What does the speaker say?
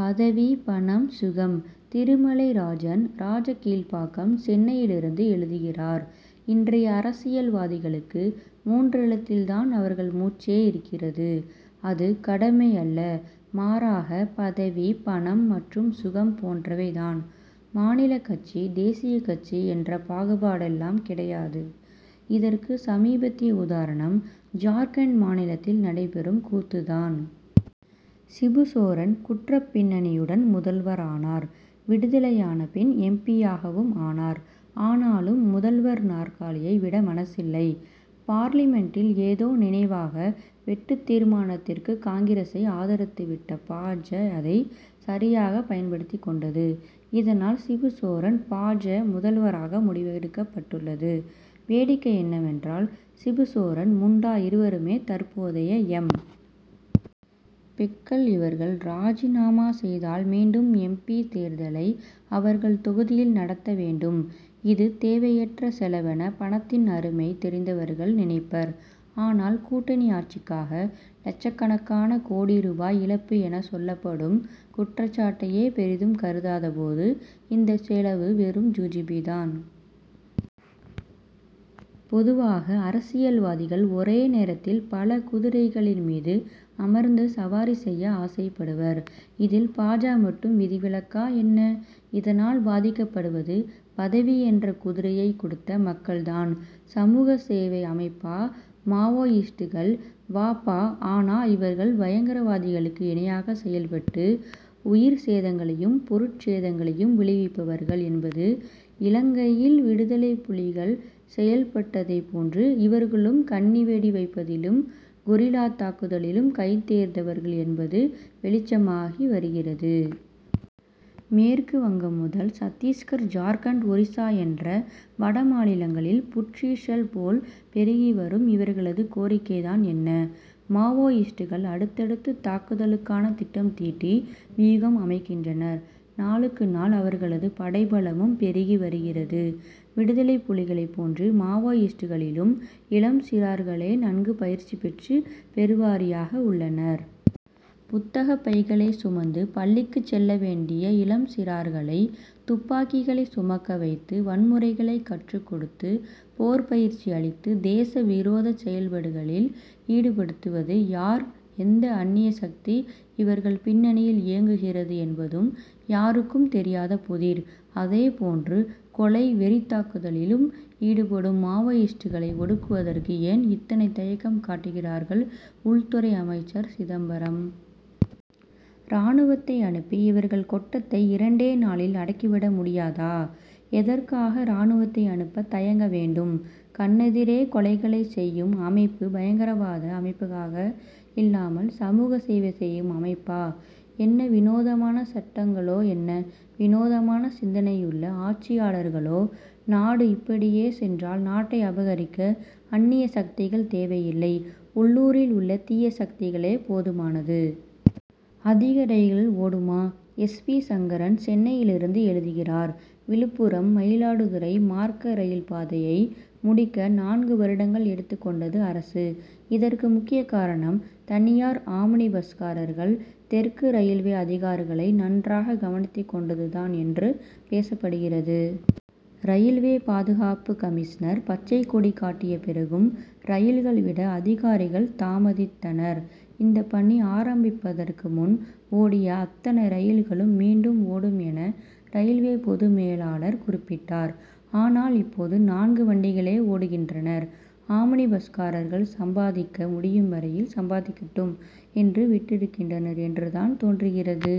பதவி பணம் சுகம்! திருமலை ராஜன் ராஜகீழ்ப்பாக்கம் சென்னையிலிருந்து எழுதுகிறார் இன்றைய அரசியல்வாதிகளுக்கு மூன்றெழுத்தில் தான் அவர்கள் மூச்சே இருக்கிறது. அது கடமை அல்ல மாறாக பதவி பணம் மற்றும் சுகம் போன்றவை தான். மாநிலக் கட்சி தேசியக் கட்சி என்ற பாகுபாடெல்லாம் கிடையாது. இதற்கு சமீபத்திய உதாரணம் ஜார்க்கண்ட் மாநிலத்தில் நடைபெறும் கூத்து தான். சிபுசோரன் குற்றப்பின்னணியுடன் முதல்வரானார். விடுதலையான பின் எம். பி.யாகவும் ஆனார். ஆனாலும் முதல்வர் நாற்காலியை விட மனசில்லை. பார்லிமென்டில் ஏதோ நினைவாக வெட்டுத்தீர்மானத்திற்கு காங்கிரசை ஆதரித்து விட பா. ஜ. அதைச் சரியாகப் பயன்படுத்திக் கொண்டது. இதனால் சிபுசோரன் பா. ஜ. முதல்வராக முடிவெடுக்கப்பட்டுள்ளது. வேடிக்கை என்னவெனில் சிபுசோரன் முண்டா இருவருமே தற்போதைய எம். பி.க்கள். இவர்கள் ராஜினாமா செய்தால் மீண்டும் எம். பி. தேர்தலை அவர்கள் தொகுதியில் நடத்த வேண்டும். இது தேவையற்ற செலவென பணத்தின் அருமை தெரிந்தவர்கள் நினைப்பர். ஆனால் கூட்டணி ஆட்சிக்காக லட்சக்கணக்கான கோடி ரூபாய் இழப்பு என சொல்லப்படும் குற்றச்சாட்டையே பெரிதும் கருதாத போது இந்தச் செலவு வெறும் ஜுஜுபி தான். பொதுவாக அரசியல்வாதிகள் ஒரே நேரத்தில் பல குதிரைகளின் மீது அமர்ந்து சவாரி செய்ய ஆசைப்படுவர். இதில் பா. ஜ. மட்டும் விதிவிலக்கா என்ன? இதனால் பாதிக்கப்படுவது பதவி என்ற குதிரையைக் கொடுத்த மக்கள் தான்! சமூக சேவை அமைப்பா மாவோயிஸ்டுகள்? வ. ப. ஆனால் இவர்கள் பயங்கரவாதிகளுக்கு இணையாக செயல்பட்டு உயிர் சேதங்களையும் பொருட்சேதங்களையும் விளைவிப்பவர்கள் என்பதும் இலங்கையில் விடுதலைப்புலிகள் செயல்பட்டதைப் போன்று இவர்களும் கண்ணிவெடி வைப்பதிலும் கொரில்லா தாக்குதலிலும் கைதேர்ந்தவர்கள் என்பதும் வெளிச்சமாகி வருகிறது. மேற்கு வங்கம் முதல் சத்திஸ்கர் ஜார்க்கண்ட் ஒரிசா என்று வடமாநிலங்களில் புற்றீசல் போல் பெருகி வரும் இவர்களது கோரிக்கை தான் என்ன? மாவோயிஸ்டுகள் அடுத் தடுத்த தாக்குதலுக்கான திட்டம் தீட்டி வியூகம் அமைக்கின்றனர். நாளுக்கு நாள் அவர்களது படைபலமும் பெருகி வருகிறது. விடுதலைப் புலிகளைப் போன்று மாவோயிஸ்டுகளிலும் இளம் சிறார்களே நன்கு பயிற்சி பெற்று பெருவாரியாக உள்ளனர். புத்தகப் பைகளை சுமந்து பள்ளிக்குச் செல்ல வேண்டிய இளம் சிறார்களை துப்பாக்கிகளை சுமக்க வைத்து வன்முறைகளை கற்றுக் கொடுத்து போர் பயிற்சி அளித்து தேச விரோதச் செயல்களில் ஈடுபடுத்துவது யார் எந்த அன்னிய சக்தி இவர்கள் பின்னியில் இயங்குகிறது என்பதும் யாருக்கும் தெரியாத புதிர். அதேபோன்று கொலை வெறித் தாக்குதலில் ஈடுபடும் மாவோயிஸ்டுகளை ஒடுக்குவதற்கு ஏன் இத்தனை தயக்கம் காட்டுகிறார் உள்துறை அமைச்சர் சிதம்பரம். ராணுவத்தை அனுப்பி இவர்கள் கொட்டத்தை இரண்டே நாளில் அடக்கி விட முடியாதா? எதற்காக ராணுவத்தை அனுப்ப தயங்க வேண்டும்? கண்ணெதிரே கொலைகளைச் செய்யும் அமைப்பு பயங்கரவாத அமைப்பாக இல்லாமல் சமூக சேவை செய்யும் அமைப்பா? என்ன வினோதமான சட்டங்களோஎன்ன வினோதமான சிந்தனையுள்ள ஆட்சியாளர்களோ! நாடு இப்படியே சென்றால் நாட்டை அபகரிக்க அன்னிய சக்திகள் தேவையில்லை உள்ளூரில் உள்ள தீய சக்திகளே போதுமானது. அதிக ரயில்கள் ஓடுமா? எஸ். வி. சங்கரன் சென்னையிலிருந்து எழுதுகிறார்: விழுப்புரம் மயிலாடுதுறை மார்க்க ரயில் பாதையை முடிக்க நான்கு வருடங்கள் எடுத்துக் கொண்டது அரசு. இதற்கு முக்கிய காரணம் தனியார் ஆம்னி பஸ்காரர்கள் தெற்கு ரயில்வே அதிகாரிகளை நன்றாக கவனித்துக் கொண்டது தான் என்று பேசப்படுகிறது. ரயில்வே பாதுகாப்பு கமிஷனர் பச்சை கொடி காட்டிய பிறகும் ரயில்கள் விட அதிகாரிகள் தாமதித்தனர். இந்தப்பணி ஆரம்பிப்பதற்கு முன் ஓடிய அத்தனை ரயில்களும் மீண்டும் ஓடும் என ரயில்வே பொது மேலாளர் குறிப்பிட்டார். ஆனால் இப்போது நான்கு வண்டிகளே ஓடுகின்றன. ஆம்னி பஸ்காரர்கள் சம்பாதிக்க முடியும் வரையில் சம்பாதிக்கட்டும் என்று விட்டிருக்கின்றனர் என்று தான் தோன்றுகிறது.